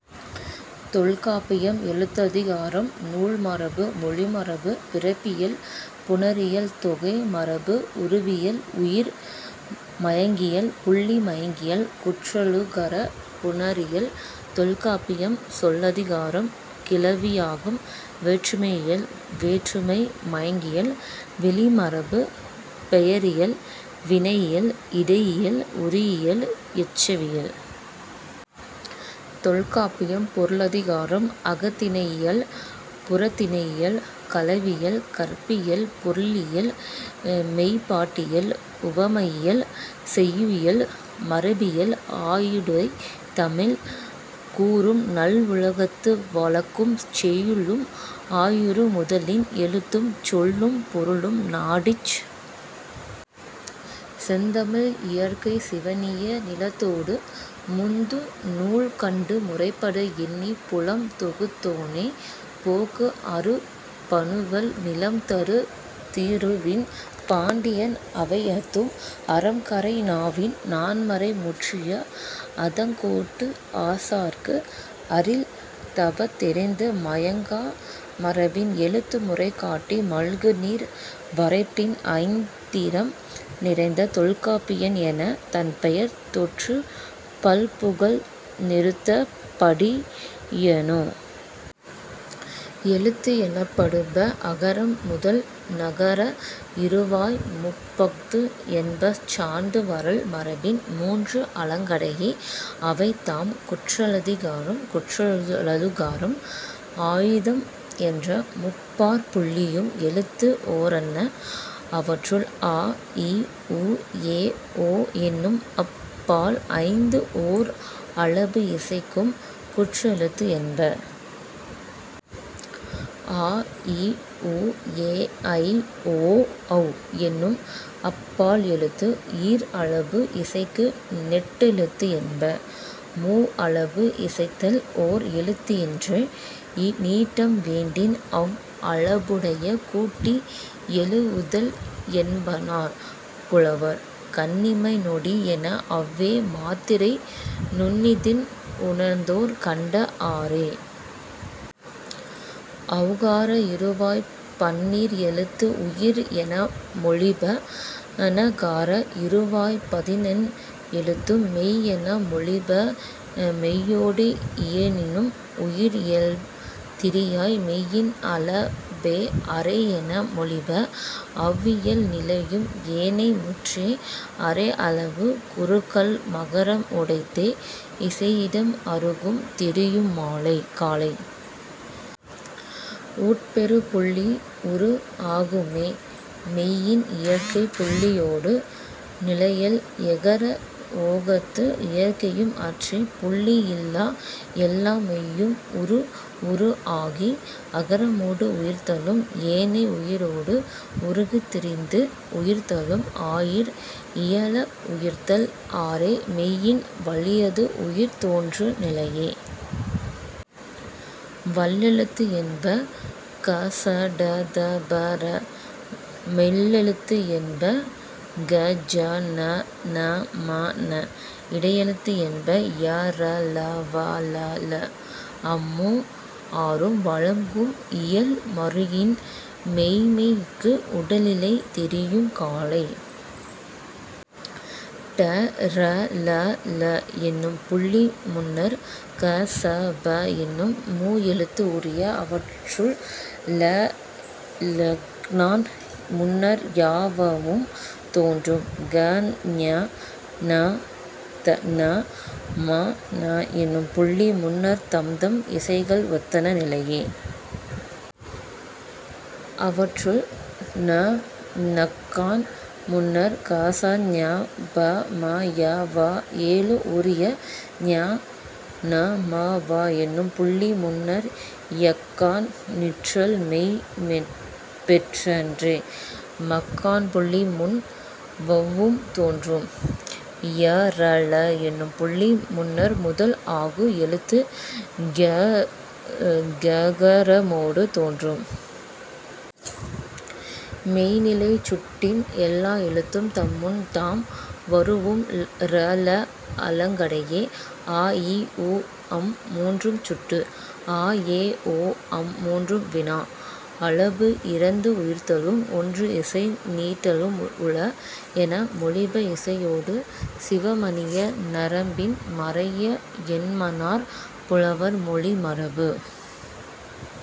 தொல்காப்பியம். எழுத்ததிகாரம் -- நூல் மரபு -- மொழி மரபு -- பிறப்பியல் -- புணரியல் தொகை மரபு உருபியல் --உயிர் மயங்கியல் -- புள்ளி மயங்கியல் குற்றியலுகரப் புணரியல். தொல்காப்பியம் சொல்லதிகாரம் -- கிளவியாக்கம் -- வேற்றுமையியல் -- வேற்றுமை மயங்கியல் -- விளி மரபு -- பெயரியல் -- வினையியல் -- இடையியல் -- உரியியல் -- எச்சவியல். தொல்காப்பியம் பொருளதிகாரம் -- அகத்திணையியல் -- புறத்திணையியல் -- களவியல் -- கற்பியல் -- பொருளியல் -- மெய்ப்பாட்டியல் -- உவமயியல் -- செய்யுளியல் -- மரபியல் ஆயிடைத் தமிழ் கூறும் நல் உலகத்து வழக்கும் செய்யுளும் ஆயிரு முதலின் எழுத்தும் சொல்லும் பொருளும் நாடிச் செந்தமிழ் இயற்கை சிவணிய நிலத்தொடு முந்து நூல் கண்டு முறைப்பட எண்ணிப் புலம் தொகுத்தோனே போக்கு அறு பனுவல் நிலம் தரு திருவின் பாண்டியன் அவையத்து அறம் கரை நாவின் நான்மறை முற்றிய அதங்கோட்டு ஆசாற்கு அரில் தபத் தெரிந்து மயங்கா மரபின் எழுத்து முறை காட்டி மல்கு நீர் வரைப்பின் ஐந்திரம் நிறைந்த தொல்காப்பியன் எனத் தன் பெயர் தோற்றிப் பல் புகழ் நிறுத்த படிமையோனே. எழுத்து எனப்படுப அகரம் முதல் னகர இறுவாய் முப்பஃது என்ப சார்ந்து வரல் மரபின் மூன்று அலங்கடையே. அவைதாம், குற்றியலிகரம் குற்றியலுகரம் ஆய்தம் என்ற முப்பாற்புள்ளியும் எழுத்து ஓரன்ன. அவற்றுள், அ இ உ எ ஒ என்னும் அப் பால் ஐந்தும் ஓர் அளபு இசைக்கும் குற்றெழுத்து என்ப. ஆ ஈ ஊ ஏ ஐ ஓ ஔ என்னும் அப் பால் எழுத்தும் ஈர் அளபு இசைக்கும் நெட்டெழுத்து என்ப. மூ அளபு இசைத்தல் ஓர் எழுத்து இன்றே. நீட்டம் வேண்டின் அவ் அளபுடைய கூட்டி எழூஉதல் என்மனார் புலவர். கண் இமை நொடி என அவ்வே மாத்திரை நுண்ணிதின் உணர்ந்தோர் கண்ட ஆறே. ஔகார இறுவாய்ப் பன்னீர் எழுத்தும் உயிர் என மொழிப. னகார இறுவாய்ப் பதினெண் எழுத்தும் மெய் என மொழிப. மெய்யொடு இயையினும் உயிர் இயல் திரியா. மெய்யின் அளபே அரை என மொழிப. அவ் இயல் நிலையும் ஏனை மூன்றே. அரை அளபு குறுகல் மகரம் உடைத்தே இசையிடன் அருகும் தெரியும் காலை. உட் பெறு புள்ளி உரு ஆகும்மே. மெய்யின் இயற்கை புள்ளியொடு நிலையல். எகர ஒகரத்து இயற்கையும் அற்றே. புள்ளி இல்லா எல்லா மெய்யும் உரு உரு ஆகி அகரமொடு உயிர்த்தலும் ஏனை உயிரொடு உருவு திரிந்து உயிர்த்தலும் ஆயீர் இயல உயிர்த்தல் ஆறே. மெய்யின் வழியது உயிர் தோன்று நிலையே. வல்லெழுத்து என்ப க ச ட த ப ற. மெல்லெழுத்து என்ப ங ஞ ண ந ம ன. இடையெழுத்து என்ப ய ர ல வ ழ ள. அம் மூ ஆறும் வழங்கு இயல் மருங்கின் மெய்ம்மயக்கு உடனிலை தெரியும் காலை. ட ற ல ள என்னும் புள்ளி முன்னர் க ச ப என்னும் மூ எழுத்து உரிய. அவற்றுள், ல ளஃகான் முன்னர் ய வவும் தோன்றும். ங ஞ ண ந ம ன எனும் புள்ளி முன்னர் தம்தம் இசைகள் ஒத்தன நிலையே. அவற்றுள், ண னஃகான் முன்னர் க ச ஞ ப ம ய வ ஏழும் உரிய. ஞ ந ம வ என்னும் புள்ளி முன்னர் யஃகான் நிற்றல் மெய் பெற்றன்றே. மஃகான் புள்ளி முன் வவ்வும் தோன்றும். ய ர ழ என்னும் புள்ளி முன்னர் முதல் ஆகு எழுத்து ஙகரமொடு தோன்றும். மெய்ந் நிலை சுட்டின் எல்லா எழுத்தும் தம் முன் தாம் வரூஉம் ர ழ அலங்கடையே. அ இ உ அம் மூன்றும் சுட்டு. ஆ ஏ ஓ அம் மூன்றும் வினா. அளபு இறந்து உயிர்த்தலும் ஒற்று இசை நீடலும் உள என மொழிப இசையொடு சிவணிய நரம்பின் மறைய என்மனார் புலவர்.. மொழி மரபு।